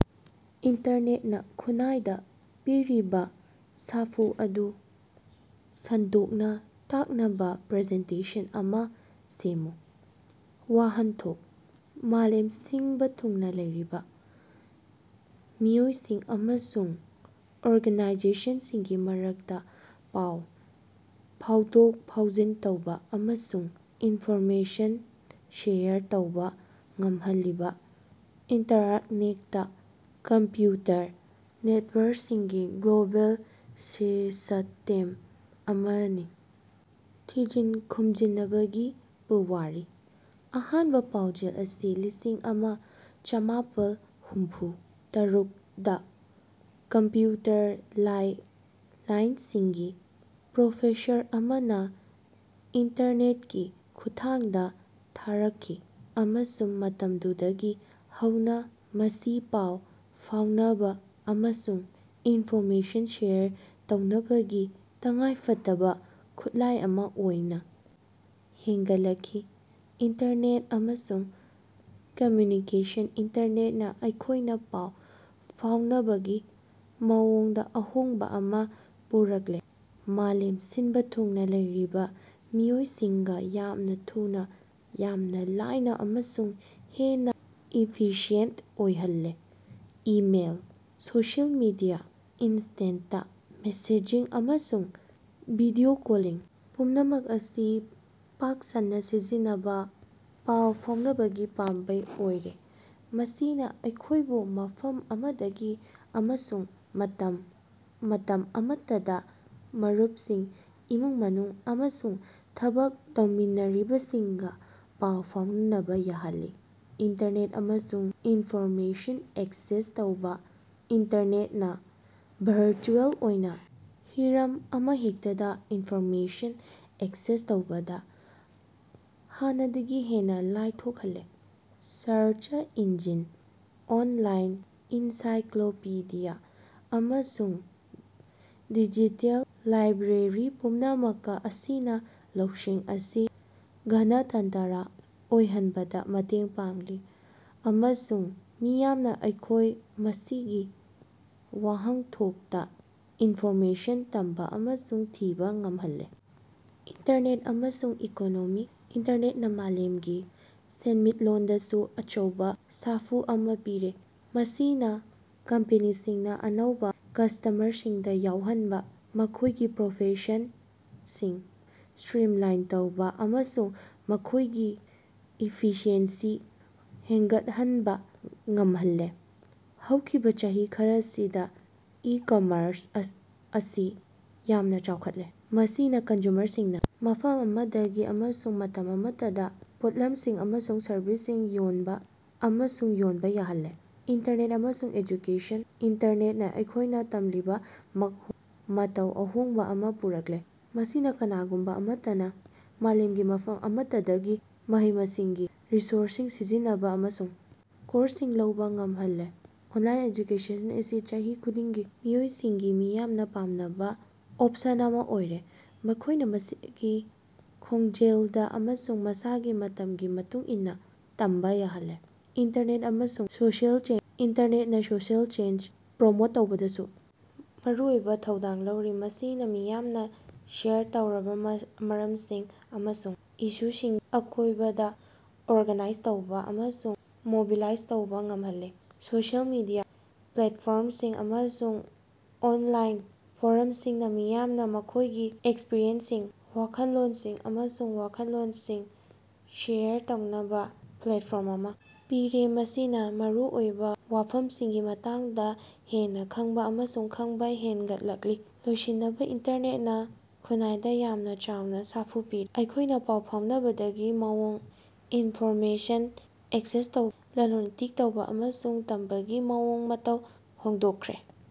ꯏꯟꯇꯔꯅꯦꯇꯅ ꯈꯨꯟꯅꯥꯏꯗ ꯄꯤꯔꯤꯕ ꯁꯥꯐꯨ ꯑꯗꯨ ꯁꯟꯗꯣꯛꯅ ꯇꯥꯛꯅꯕ ꯄ꯭ꯔꯖꯦꯟꯇꯦꯁꯟ ꯑꯃ ꯁꯦꯝꯃꯨ꯫ ꯋꯥꯍꯟꯊꯣꯛ: ꯃꯥꯂꯦꯝ ꯁꯤꯟꯕ ꯊꯨꯡꯅ ꯂꯩꯔꯤꯕ ꯃꯤꯑꯣꯏꯁꯤꯡ ꯑꯃꯁꯨꯡ ꯑꯣꯔꯒꯥꯅꯥꯏꯖꯦꯁꯟꯁꯤꯡꯒꯤ ꯃꯔꯛꯇ ꯄꯥꯎ ꯐꯥꯎꯗꯣꯛ-ꯐꯥꯎꯖꯤꯟ ꯇꯧꯕ ꯑꯃꯁꯨꯡ ꯏꯟꯐꯣꯔꯃꯦꯁꯟ ꯁꯦꯌꯔ ꯇꯧꯕ ꯉꯝꯍꯜꯂꯤꯕ ꯏꯟꯇꯔꯀꯅꯦꯛꯇ ꯀꯝꯄ꯭ꯌꯨꯇꯔ ꯅꯦꯇꯋꯥꯔꯀꯁꯤꯡꯒꯤ ꯒ꯭ꯂꯣꯕꯦꯜ ꯁꯤꯁꯇꯦꯝ ꯑꯃꯅꯤ꯫ ꯊꯤꯖꯤꯟ ꯍꯨꯝꯖꯤꯅꯕꯒꯤ ꯄꯨꯋꯥꯔꯤ: ꯑꯍꯥꯟꯕ ꯄꯥꯎꯖꯦꯜ ꯑꯁꯤ ꯂꯤꯁꯤꯡ ꯑꯃ ꯆꯥꯃꯥꯄꯜ ꯍꯨꯝꯐꯨ ꯇꯔꯨꯛꯗꯥ ꯀꯝꯞꯌꯨꯇꯔ ꯁꯥꯏꯟꯁꯀꯤ ꯄ꯭ꯔꯣꯐꯦꯁꯔ ꯑꯃꯅꯥ ꯏꯟꯇꯔꯅꯦꯠꯀꯤ ꯈꯨꯠꯊꯥꯡꯗꯥ ꯊꯥꯔꯀꯈꯤ, ꯑꯃꯁꯨꯡ ꯃꯇꯝ ꯑꯗꯨꯗꯒꯤ ꯍꯧꯅꯥ ꯃꯁꯤ ꯄꯥꯎ ꯐꯥꯑꯣꯅꯕꯥ ꯑꯃꯁꯨꯡ ꯏꯅꯐꯣꯔꯃꯦꯁꯟ ꯁꯦꯌꯔ ꯇꯧꯅꯕꯒꯤ ꯇꯉꯥꯏꯐꯗꯕꯥ ꯈꯨꯠꯂꯥꯏ ꯑꯃꯥ ꯑꯣꯏꯅꯥ ꯍꯦꯟꯒꯠꯂꯛꯈꯤ꯫ ꯏꯟꯇꯔꯅꯦꯠ ꯑꯃꯁꯨꯡ ꯀꯝꯃ꯭ꯌꯨꯅꯤꯀꯦꯁꯟ ꯏꯟꯇꯔꯅꯦꯠꯅ ꯑꯩꯈꯣꯏꯅ ꯄꯥꯎ ꯐꯥꯎꯅꯕꯒꯤ ꯃꯑꯣꯡꯗ ꯑꯍꯣꯡꯕ ꯑꯃ ꯄꯨꯔꯛꯂꯦ, ꯃꯥꯂꯦꯝ ꯁꯤꯟꯕ ꯊꯨꯡꯅ ꯂꯩꯔꯤꯕ ꯃꯤꯑꯣꯏꯁꯤꯡꯒ ꯌꯥꯝꯅ ꯊꯨꯅ, ꯌꯥꯝꯅ ꯂꯥꯏꯅ ꯑꯃꯁꯨꯡ ꯍꯦꯟꯅ ꯏꯐꯤꯁꯤꯌꯦꯟꯇ ꯑꯣꯏꯍꯜꯂꯦ꯫ Email, social media, instant messaging, ꯑꯃꯁꯨꯡ ꯚꯤꯗꯤꯑꯣ ꯀꯣꯂꯤꯡ ꯄꯨꯝꯅꯃꯛ ꯑꯁꯤ ꯄꯥꯛ ꯁꯟꯅꯥ ꯁꯤꯖꯤꯟꯅꯕꯥ ꯄꯥꯎ ꯐꯥꯎꯅꯕꯒꯤ ꯄꯥꯝꯕꯩ ꯑꯣꯏꯔꯦ, ꯃꯁꯤꯅ ꯑꯩꯈꯣꯏꯕꯨ ꯃꯐꯝ ꯑꯃꯗꯒꯤ ꯑꯃꯁꯨꯡ ꯃꯇꯝ ꯑꯃꯠꯇꯗꯥ ꯃꯔꯨꯄꯁꯤꯡ, ꯏꯃꯨꯡ ꯃꯅꯨꯡ, ꯑꯃꯁꯨꯡ ꯊꯕꯛ ꯇꯧꯃꯤꯟꯅꯔꯤꯕꯁꯤꯡꯒ ꯄꯥꯎ ꯐꯥꯎꯅꯕ ꯌꯥꯍꯜꯂꯤ꯫ ꯏꯟꯇꯔꯅꯦꯠ ꯑꯃꯁꯨꯡ ꯏꯟꯐꯣꯔꯃꯦꯁꯟ ꯑꯦꯛꯁꯦꯁ ꯇꯧꯕ ꯏꯟꯇꯔꯅꯦꯠꯅ ꯚꯔꯆꯨꯑꯦꯜ ꯑꯣꯏꯅ ꯍꯤꯔꯝ ꯑꯃꯍꯦꯛꯇꯗ ꯏꯟꯐꯣꯔꯃꯦꯁꯟ ꯑꯦꯛꯁꯦꯁ ꯇꯧꯕꯗ ꯍꯥꯟꯅꯗꯒꯤ ꯍꯦꯟꯅ ꯂꯥꯏꯊꯣꯛꯍꯜꯂꯦ꯫ ꯁꯔꯆ ꯏꯟꯖꯤꯟ, ꯑꯣꯟꯂꯥꯏꯟ ꯑꯦꯟꯁꯥꯏꯀꯂꯣꯄꯤꯗꯤꯌꯥ, ꯑꯃꯁꯨꯡ ꯗꯤꯖꯤꯇꯦꯜ ꯂꯥꯏꯕ꯭ꯔꯦꯔꯤ ꯄꯨꯝꯅꯃꯛ ꯑꯁꯤꯅ ꯂꯧꯁꯤꯡ ꯑꯁꯤ ꯒꯅꯇꯟꯇꯔ ꯑꯣꯏꯍꯟꯕꯗ ꯃꯇꯦꯡ ꯄꯥꯡꯂꯤ ꯑꯃꯁꯨꯡ ꯃꯤꯌꯥꯝꯅ ꯃꯈꯣꯏ ꯃꯁꯥꯒꯤ ꯋꯥꯍꯟꯊꯣꯛꯇ ꯏꯟꯐꯣꯔꯃꯦꯁꯟ ꯇꯝꯕ ꯑꯃꯁꯨꯡ ꯊꯤꯕ ꯉꯝꯍꯜꯂꯦ꯫ ꯏꯟꯇꯔꯅꯦꯠ ꯑꯃꯁꯨꯡ ꯏꯀꯣꯅꯣꯃꯤ ꯏꯟꯇꯔꯅꯦꯠꯅꯥ ꯃꯥꯂꯦꯝꯒꯤ ꯁꯦꯟꯃꯤꯠꯂꯣꯟꯗꯁꯨ ꯑꯆꯧꯕ ꯁꯥꯐꯨ ꯑꯃ ꯄꯤꯔꯦ, ꯃꯁꯤꯅ ꯀꯝꯄꯦꯅꯤꯁꯤꯡꯅ ꯑꯅꯧꯕ ꯀꯁ꯭ꯇꯃꯔꯁꯤꯡꯗ ꯌꯧꯍꯟꯕ, ꯃꯈꯣꯏꯒꯤ ꯄꯔꯣꯐꯔꯦꯁꯟꯁꯤꯡ ꯁ꯭ꯇꯔꯤꯝꯂꯥꯏꯟ ꯇꯧꯕ, ꯑꯃꯁꯨꯡ ꯃꯈꯣꯏꯒꯤ ꯏꯐꯤꯁꯤꯑꯦꯟꯁꯤ ꯍꯦꯟꯒꯠꯍꯟꯕ ꯉꯝꯍꯜꯂꯦ꯫ ꯍꯧꯈꯤꯕ ꯆꯍꯤ ꯈꯔꯁꯤꯗ ꯏ-ꯀꯝꯃꯔꯁ ꯑꯁꯤ ꯌꯥꯝꯅ ꯆꯥꯎꯈꯠꯂꯦ, ꯃꯁꯤꯅ ꯀꯟꯖꯨꯃꯔꯁꯤꯡꯅꯥ ꯃꯐꯝ ꯑꯃꯗꯒꯤ ꯑꯃꯁꯨꯡ ꯃꯇꯝ ꯑꯃꯠꯇꯗꯥ ꯄꯣꯠꯂꯝꯁꯤꯡ ꯑꯃꯁꯨꯡ ꯁꯔꯕꯤꯁꯁꯤꯡ ꯌꯣꯟꯕ ꯑꯃꯁꯨꯡ ꯌꯣꯟꯕ ꯌꯥꯍꯜꯂꯦ꯫ ꯏꯟꯇꯔꯅꯦꯠ ꯑꯃꯁꯨꯡ ꯑꯦꯖꯨꯀꯦꯁꯟ ꯏꯟꯇꯔꯅꯦꯠꯅꯥ ꯑꯩꯈꯣꯏꯅ ꯇꯝꯂꯤꯕ ꯃꯑꯣꯡ ꯃꯇꯧꯗ ꯑꯍꯣꯡꯕ ꯑꯃ ꯄꯨꯔꯛꯂꯦ, ꯃꯁꯤꯅ ꯀꯅꯥꯒꯨꯝꯕ ꯑꯃꯠꯇꯅ ꯃꯥꯂꯦꯝꯒꯤ ꯃꯐꯝ ꯑꯃꯠꯇꯗꯒꯤ ꯃꯍꯩ-ꯃꯁꯤꯡꯒꯤ ꯔꯤꯁꯣꯔꯁꯁꯤꯡ ꯁꯤꯖꯤꯟꯅꯕ ꯑꯃꯁꯨꯡ ꯀꯣꯔꯁꯁꯤꯡ ꯂꯧꯕꯥ ꯉꯝꯍꯜꯂꯦ꯫ ꯑꯣꯟꯂꯥꯏꯟ ꯑꯦꯖꯨꯀꯦꯁꯟ ꯑꯁꯤ ꯆꯍꯤ ꯈꯨꯗꯤꯡꯒꯤ ꯃꯤꯑꯣꯏꯁꯤꯡꯒꯤ ꯃꯤꯌꯥꯝꯅ ꯄꯥꯝꯅꯕ ꯑꯣꯄꯁꯟ ꯑꯃ ꯑꯣꯏꯔꯦ, ꯃꯈꯣꯏꯅ ꯃꯁꯤꯒꯤ ꯈꯣꯡꯖꯦꯜꯗ ꯑꯃꯁꯨꯡ ꯃꯁꯥꯒꯤ ꯃꯇꯝꯒꯤ ꯃꯇꯨꯡ ꯏꯟꯅ ꯇꯝꯕ ꯌꯥꯍꯜꯂꯦ꯫ ꯏꯟꯇꯔꯅꯦꯠ ꯑꯃꯁꯨꯡ ꯁꯣꯁꯤꯑꯦꯜ ꯆꯦꯟꯖ ꯏꯟꯇꯔꯅꯦꯠꯅꯥ ꯁꯣꯁꯤꯑꯦꯜ ꯆꯦꯟꯖ ꯄ꯭ꯔꯃꯣꯠ ꯇꯧꯕꯗꯁꯨ ꯃꯔꯨꯑꯣꯏꯕ ꯊꯧꯗꯥꯡ ꯂꯧꯔꯤ, ꯃꯁꯤꯅ ꯃꯤꯌꯥꯝꯅ ꯁꯦꯌꯔ ꯇꯧꯔꯕ ꯃꯔꯝꯁꯤꯡ ꯑꯃꯁꯨꯡ ꯏꯁꯨꯁꯤꯡꯒꯤ ꯑꯀꯣꯏꯕꯗ ꯑꯣꯔꯒꯥꯅꯥꯏꯖ ꯇꯧꯕ ꯑꯃꯁꯨꯡ ꯃꯣꯕꯤꯂꯥꯏꯖ ꯇꯧꯕꯥ ꯉꯝꯍꯜꯂꯤ꯫ ꯁꯣꯁꯤꯑꯦꯜ ꯃꯤꯗꯤꯌ ꯄ꯭ꯂꯦꯠꯐꯣꯔꯝꯁꯤꯡ ꯑꯃꯁꯨꯡ ꯑꯣꯟꯂꯥꯏꯟ ꯐꯣꯔꯝꯁꯤꯡꯅ ꯃꯤꯌꯥꯝꯅ ꯃꯈꯣꯏꯒꯤ ꯑꯦꯛꯁꯄꯔꯤꯌꯦꯟꯁꯁꯤꯡ, ꯋꯥꯈꯜꯂꯣꯟꯁꯤꯡ, ꯑꯃꯁꯨꯡ ꯋꯥꯈꯜꯂꯣꯟꯁꯤꯡ ꯁꯦꯌꯔ ꯇꯧꯅꯕꯥ ꯄ꯭ꯂꯦꯠꯐꯣꯔꯝ ꯑꯃ ꯄꯤꯔꯦ, ꯃꯁꯤꯅ ꯃꯔꯨꯑꯣꯏꯕ ꯋꯥꯐꯝꯁꯤꯡꯒꯤ ꯃꯇꯥꯡꯗ ꯍꯦꯟꯅ ꯈꯪꯕ ꯑꯃꯁꯨꯡ ꯈꯪꯕ ꯍꯦꯟꯒꯠꯍꯜꯂꯤ꯫ ꯂꯣꯏꯁꯤꯅꯕ ꯏꯟꯇꯔꯅꯦꯠꯅ ꯈꯨꯟꯅꯥꯏꯗ ꯌꯥꯝꯅ ꯆꯥꯎꯅ ꯁꯥꯐꯨ ꯄꯤꯔꯦ, ꯑꯩꯈꯣꯏꯅ ꯄꯥꯎ ꯐꯥꯎꯅꯕꯒꯤ ꯃꯑꯣꯡ, ꯏꯟꯐꯣꯔꯃꯦꯁꯟ ꯑꯦꯛꯁꯦꯁ ꯇꯧꯕ, ꯂꯂꯣꯟ-ꯏꯇꯤꯛ ꯇꯧꯕ, ꯑꯃꯁꯨꯡ ꯇꯝꯕꯒꯤ ꯃꯑꯣꯡ ꯃꯇꯧ ꯍꯣꯡꯗꯣꯛꯈ꯭ꯔꯦ꯫